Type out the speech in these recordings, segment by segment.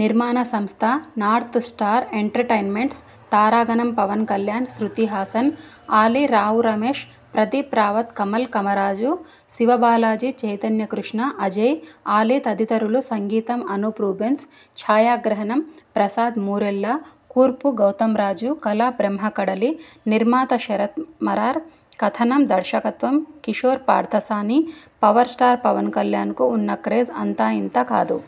నిర్మాణ సంస్థ north star entertainments తారాగణం పవన్ కళ్యాణ్, శృతిహాసన్, అలీ, రావు రమేష్, ప్రదీప్ రావత్, కమల్ కామరాజు, శివ బాలాజీ, చైతన్య కృష్ణ, అజయ్, అలీ తదితరులు సంగీతం అనూప్ రూబెన్స్, ఛాయాగ్రహణం ప్రసాద్ మూరెళ్ల, కూర్పు గౌతంరాజు, కళ బ్రహ్మ కడలి, నిర్మాత శరత్ మరార్, కథనం దర్శకత్వం కిషోర్ పార్థసాని పవర్ స్టార్ పవన్ కళ్యాణ్ కు ఉన్న క్రేజ్ అంతా ఇంతా కాదు..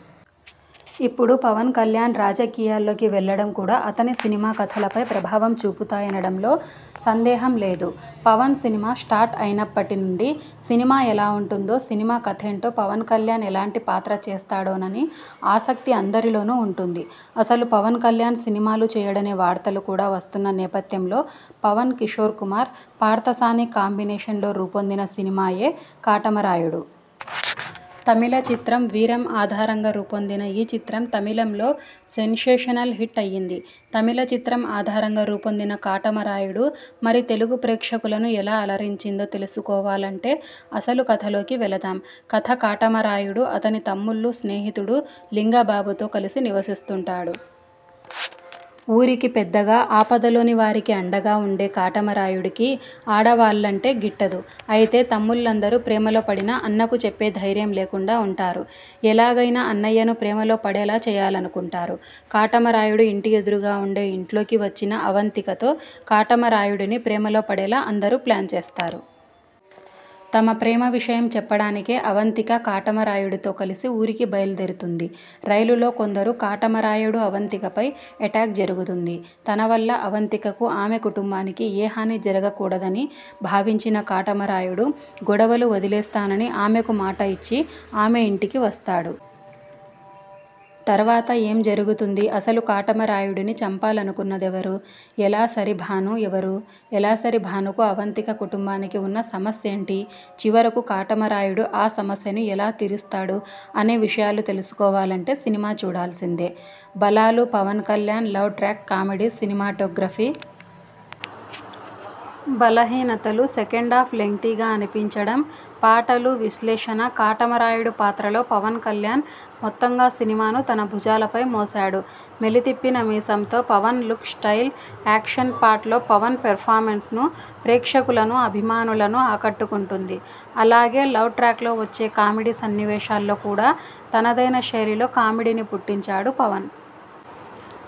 ఇప్పుడు పవన్ కళ్యాణ్ రాజకీయాల్లోకి వెళ్ళడం కూడా అతని సినిమా కథలపై ప్రభావం చూపుతాయనడంలో సందేహం లేదు. పవన్ సినిమా స్టార్ట్ అయినప్పటి నుండి సినిమా ఎలా ఉంటుందో, సినిమా కథేంటో, పవన్ కళ్యాణ్ ఎలాంటి పాత్ర చేస్తాడోనని ఆసక్తి అందరిలోనూ ఉంటుంది. అసలు పవన్ కళ్యాణ్ సినిమాలు చేయడనే వార్తలు కూడా వస్తున్న నేపథ్యంలో పవన్, కిషోర్ కుమార్ పార్థసాని కాంబినేషన్లో రూపొందిన సినిమాయే కాటమరాయుడు. తమిళ చిత్రం వీరం ఆధారంగా రూపొందిన ఈ చిత్రం తమిళంలో సెన్సేషనల్ హిట్ అయ్యింది. తమిళ చిత్రం ఆధారంగా రూపొందిన కాటమరాయుడు మరి తెలుగు ప్రేక్షకులను ఎలా అలరించిందో తెలుసుకోవాలంటే అసలు కథలోకి వెళదాం. కథ కాటమరాయుడు, అతని తమ్ముళ్ళు, స్నేహితుడు లింగబాబు తో కలిసి నివసిస్తుంటాడు. ఊరికి పెద్దగా, ఆపదలోని వారికి అండగా ఉండే కాటమరాయుడుకి ఆడవాళ్ళంటే గిట్టదు. అయితే తమ్ముళ్ళందరూ ప్రేమలో పడినా అన్నకు చెప్పే ధైర్యం లేకుండా ఉంటారు. ఎలాగైనా అన్నయ్యను ప్రేమలో పడేలా చేయాలనుకుంటారు. కాటమరాయుడు ఇంటి ఎదురుగా ఉండే ఇంట్లోకి వచ్చిన అవంతికతో కాటమరాయుడుని ప్రేమలో పడేలా అందరూ ప్లాన్ చేస్తారు. తమ ప్రేమ విషయం చెప్పడానికి అవంతిక, కాటమరాయుడుతో కలిసి ఊరికి బయలుదేరుతుంది. రైలులో కొందరు కాటమరాయుడు, అవంతికపై ఎటాక్ జరుగుతుంది. తన వల్ల అవంతికకు, ఆమె కుటుంబానికి ఏ హాని జరగకూడదని భావించిన కాటమరాయుడు, గొడవలు వదిలేస్తానని ఆమెకు మాట ఇచ్చి ఆమె ఇంటికి వస్తాడు. తర్వాత ఏం జరుగుతుంది? అసలు కాటమరాయుడుని చంపాలనుకున్నదెవరు? ఎలాసరి భాను ఎవరు? ఎలాసరి భానుకు, అవంతిక కుటుంబానికి ఉన్న సమస్యేంటి? చివరకు కాటమరాయుడు ఆ సమస్యను ఎలా తీరుస్తాడు? అనే విషయాలు తెలుసుకోవాలంటే సినిమా చూడాల్సిందే. బలాలు Pawan Kalyan love track comedy, cinematography. బలహీనతలు సెకండాఫ్ లెంగ్తీగా అనిపించడం. పాటలు విశ్లేషణ కాటమరాయుడు పాత్రలో పవన్ కళ్యాణ్ మొత్తంగా సినిమాను తన భుజాలపై మోశాడు. మెలి తిప్పిన మీసంతో Pawan look, style, action part లో పవన్ పెర్ఫార్మెన్స్ ప్రేక్షకులను, అభిమానులను ఆకట్టుకుంటుంది. అలాగే లవ్ ట్రాక్ లో వచ్చే కామెడి సన్నివేశాల్లో కూడా తనదైన శైళిలో కామెడిని పుట్టించాడు పవన్.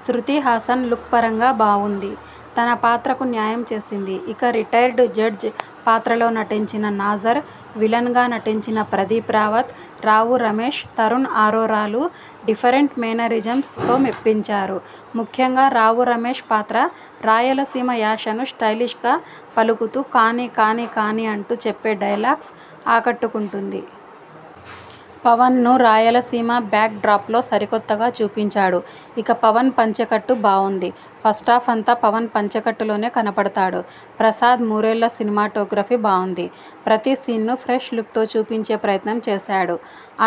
శృతిహాసన్ లుక్ పరంగా బావుంది. తన పాత్రకు న్యాయం చేసింది. ఇక రిటైర్డ్ జడ్జ్ పాత్రలో నటించిన నాజర్, విలన్ గా నటించిన ప్రదీప్ రావత్, రావు రమేష్, తరుణ్ ఆరోరాలు డిఫరెంట్ మేనరిజమ్స్ తో మెప్పించారు. ముఖ్యంగా రావు రమేష్ పాత్ర రాయలసీమ యాసను స్టైలిష్ గా పలుకుతూ కానీ కానీ కానీ అంటూ చెప్పే డైలాగ్స్ ఆకట్టుకుంటుంది. పవన్ను రాయలసీమ బ్యాక్ డ్రాప్ లో సరికొత్తగా చూపించాడు. ఇక పవన్ పంచెకట్టు బావుంది. ఫస్టాఫ్ అంతా పవన్ పంచెకట్టులోనే కనపడతాడు. ప్రసాద్ మూరెళ్ళ సినిమాటోగ్రఫీ బావుంది. ప్రతి సీన్ ను ఫ్రెష్ లుక్ తో చూపించే ప్రయత్నం చేశాడు.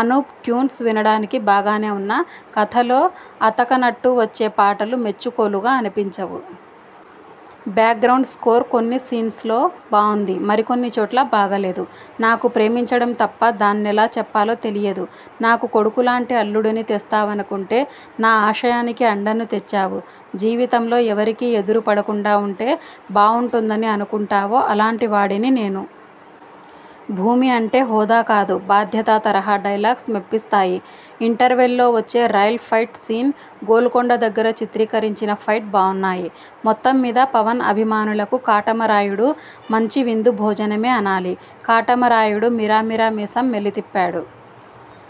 అనూప్ ట్యూన్స్ వినడానికి బాగానే ఉన్నా, కథలో అతకనట్టు వచ్చే పాటలు మెచ్చుకోలుగా అనిపించవు. బ్యాక్ గ్రాండ్ స్కోర్ కొన్ని సీన్స్ లో బావుంది. మరికొన్ని చోట్ల బాగా లేదు. నాకు ప్రేమించడం తప్ప, దాన్నెలా చెప్పాలో తెలియదు, నాకు కొడుకులాంటి అల్లుడుని తెస్తావనుకుంటే నా ఆశయానికి అండను తెచ్చావు.. జీవితంలో ఎవరికి ఎదురు పడకుండా ఉంటే బావుంటుందని అనుకుంటావో అలాంటి వాడిని నేను. భూమి అంటే హోదా కాదు, బాధ్యత తరహా డైలాగ్స్ మెప్పిస్తాయి. ఇంటర్వెల్లో వచ్చే రైల్ ఫైట్ సీన్, గోల్కొండ దగ్గర చిత్రీకరించిన ఫైట్ బావున్నాయి. మొత్తం మీద పవన్ అభిమానులకు కాటమరాయుడు మంచి విందు భోజనమే అనాలి. 'కాటమరాయుడు'మిరా మిరా మీసం మెలి తిప్పాడు